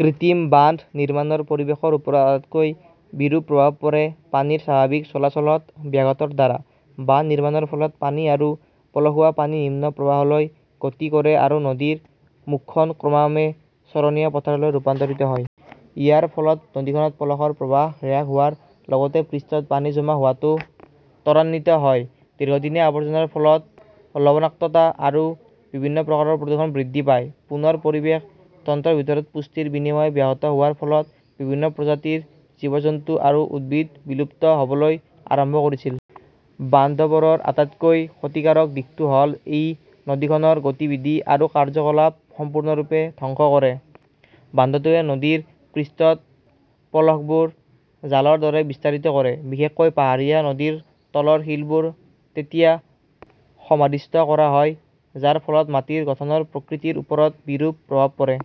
কৃত্ৰিম বান্ধ নিৰ্মাণৰ পৰিৱেশৰ ওপৰত আটাইতকৈ বিৰূপ প্ৰভাৱ পৰে পানীৰ স্বাভাৱিক চলাচলত ব্যাঘাতৰ দ্বাৰা। বান্ধ নিৰ্মাণৰ ফলত পানী আৰু পলসুৱা পানী নিম্ন প্ৰৱাহলৈ গতি কৰে আৰু নদীৰ মুখখন ক্ৰমান্বয়ে চৰণীয়া পথাৰলৈ ৰূপান্তৰিত হয়। ইয়াৰ ফলত নদীখনত পলসৰ প্ৰবাহ হ্ৰাস হোৱাৰ লগতে পৃষ্ঠত পানী জমা হোৱাটো ত্বৰান্বিত হয়। দীৰ্ঘদিনীয়া আৱৰ্জনাৰ ফলত লবণাক্ততা আৰু বিভিন্ন প্ৰকাৰৰ প্ৰদূষণ বৃদ্ধি পায়। পুনৰ পৰিৱেশ তন্ত্ৰৰ ভিতৰত পুষ্টিৰ বিনিময় ব্যাহত হোৱাৰ ফলত বিভিন্ন প্ৰজাতিৰ জীৱ-জন্তু আৰু উদ্ভিদ বিলুপ্ত হ "বলৈ আৰম্ভ কৰিছিল। বান্ধবোৰৰ আটাইতকৈ ক্ষতিকাৰক দিশটো হ 'ল ই নদীখনৰ গতিবিধি আৰু কাৰ্য্যকলাপ সম্পূৰ্ণৰূপে ধ্বংস কৰে। বান্ধটোৱে নদীৰ পৃষ্ঠত পলসবোৰ জালৰ দৰে বিস্তাৰিত কৰে। বিশেষকৈ পাহাৰীয়া নদীৰ তলৰ শিলবোৰ তেতিয়া সমাধিস্থ কৰা হয়, যাৰ ফলত মাটিৰ গঠনৰ প্ৰকৃতিৰ ওপৰত বিৰূপ প্ৰভাৱ পৰে।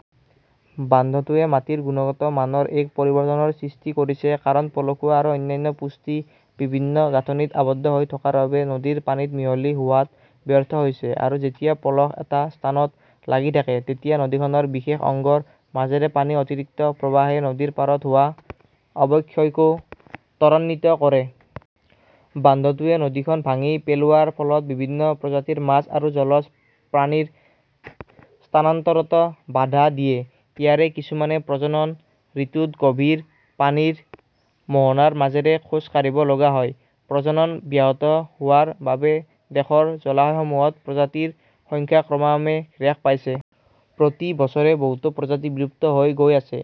বান্ধটোৱে মাটিৰ গুণগত মানৰ এনে পৰিৱৰ্তনৰ সৃষ্টি কৰিছে কাৰণ পলসুৱা আৰু অন্যান্য পুষ্টি বিভিন্ন গাঁথনিত আবদ্ধ হৈ থকাৰ বাবে নদীৰ পানীত মিহলি হোৱাত ব্যৰ্থ হৈছে। আৰু যেতিয়া পলস এটা স্থানত লাগি থাকে, তেতিয়া নদীখনৰ বিশেষ অংশৰ মাজেৰে পানীৰ অতিৰিক্ত প্ৰৱাহে নদীৰ পাৰত হোৱা অৱক্ষয়কো ত্বৰান্বিত কৰে। বান্ধটোৱে নদীখন ভাঙি পেলোৱাৰ ফলত বিভিন্ন প্ৰজাতিৰ মাছ আৰু জলজ প্ৰাণীৰ স্থানান্তৰত বাধা দিয়ে। ইয়াৰে কিছুমানে প্ৰজনন ঋতুত গভীৰ পানীৰ মোহনাৰ মাজেৰে খোজ কাঢ়িব লগা হয়। প্ৰজনন ব্যাহত হোৱাৰ বাবে দেশৰ জলাশয়সমূহত প্ৰজাতিৰ সংখ্যা ক্ৰমান্বয়ে হ্ৰাস পাইছে। প্ৰতি বছৰে বহুতো প্ৰজাতি বিলুপ্ত হৈ গৈ আছে।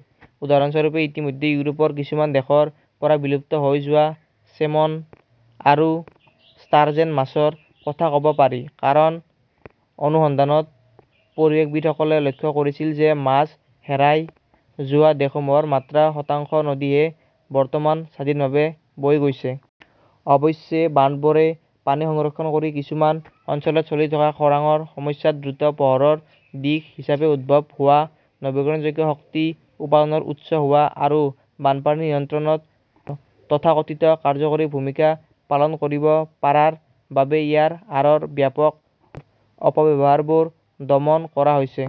উদাহৰণস্বৰূপে, ইতিমধ্যে ইউৰোপৰ কিছুমান দেশৰ পৰা বিলুপ্ত হৈ যোৱা চেমন আৰু ষ্টাৰজেন মাছৰ কথা ক "ব পাৰি। কাৰণ অনুসন্ধানত পৰিৱেশবিদসকলে লক্ষ্য কৰিছিল যে মাছ হেৰাই যোৱা দেশসমূহৰ মাত্ৰ শতাংশ নদীহে বৰ্তমান স্বাধীনভাৱে বৈ গৈছে। অৱশ্যে, বান্ধবোৰে পানী সংৰক্ষণ কৰি কিছুমান অঞ্চলত চলি থকা খৰাংৰ সমস্যাত দ্ৰুত পোহৰৰ দিশ হিচাপে উদ্ভৱ হোৱা, নৱীকৰণযোগ্য শক্তি উৎপাদনৰ উৎস হোৱা, আৰু বানপানী নিয়ন্ত্ৰণত তথাকথিত কাৰ্যকৰী ভূমিকা পালন কৰিব পাৰাৰ বাবে ইয়াৰ আঁৰৰ ব্যাপক অপব্যৱহাৰবোৰ দমন কৰা হৈছে।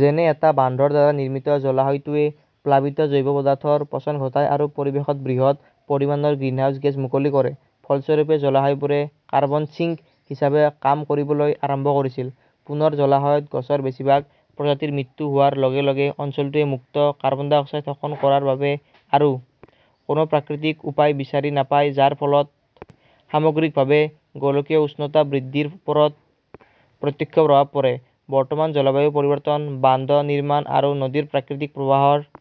যেনে এটা বান্ধৰ দ্বাৰা নিৰ্মিত জলাশয়টোৱে প্লাবিত জৈৱ পদাৰ্থৰ পচন ঘটায় আৰু পৰিৱেশত বৃহৎ পৰিমাণৰ গ্ৰিনহাউজ গেছ মুকলি কৰে। ফলস্বৰূপে, জলাশয়বোৰে কাৰ্বন ছিঙ্ক হিচাপে কাম কৰিবলৈ আৰম্ভ কৰিছিল। পুনৰ জলাশয়ত গছৰ বেছিভাগ প্ৰজাতিৰ মৃত্যু হোৱাৰ লগে লগে, অঞ্চলটোৱে মুক্ত কাৰ্বন ডাই অক্সাইড শোষণ কৰাৰ বাবে আৰু কোনো প্ৰাকৃতিক উপায় বিচাৰি নাপায়, যাৰ ফলত সামগ্ৰিকভাৱে গোলকীয় উষ্ণতা বৃদ্ধিৰ ওপৰত প্ৰত্যক্ষ প্ৰভাৱ পৰে। বৰ্তমান জলবায়ু পৰিৱৰ্তন, বান্ধ নিৰ্মাণ আৰু নদীৰ প্ৰাকৃতিক প্ৰবাহৰ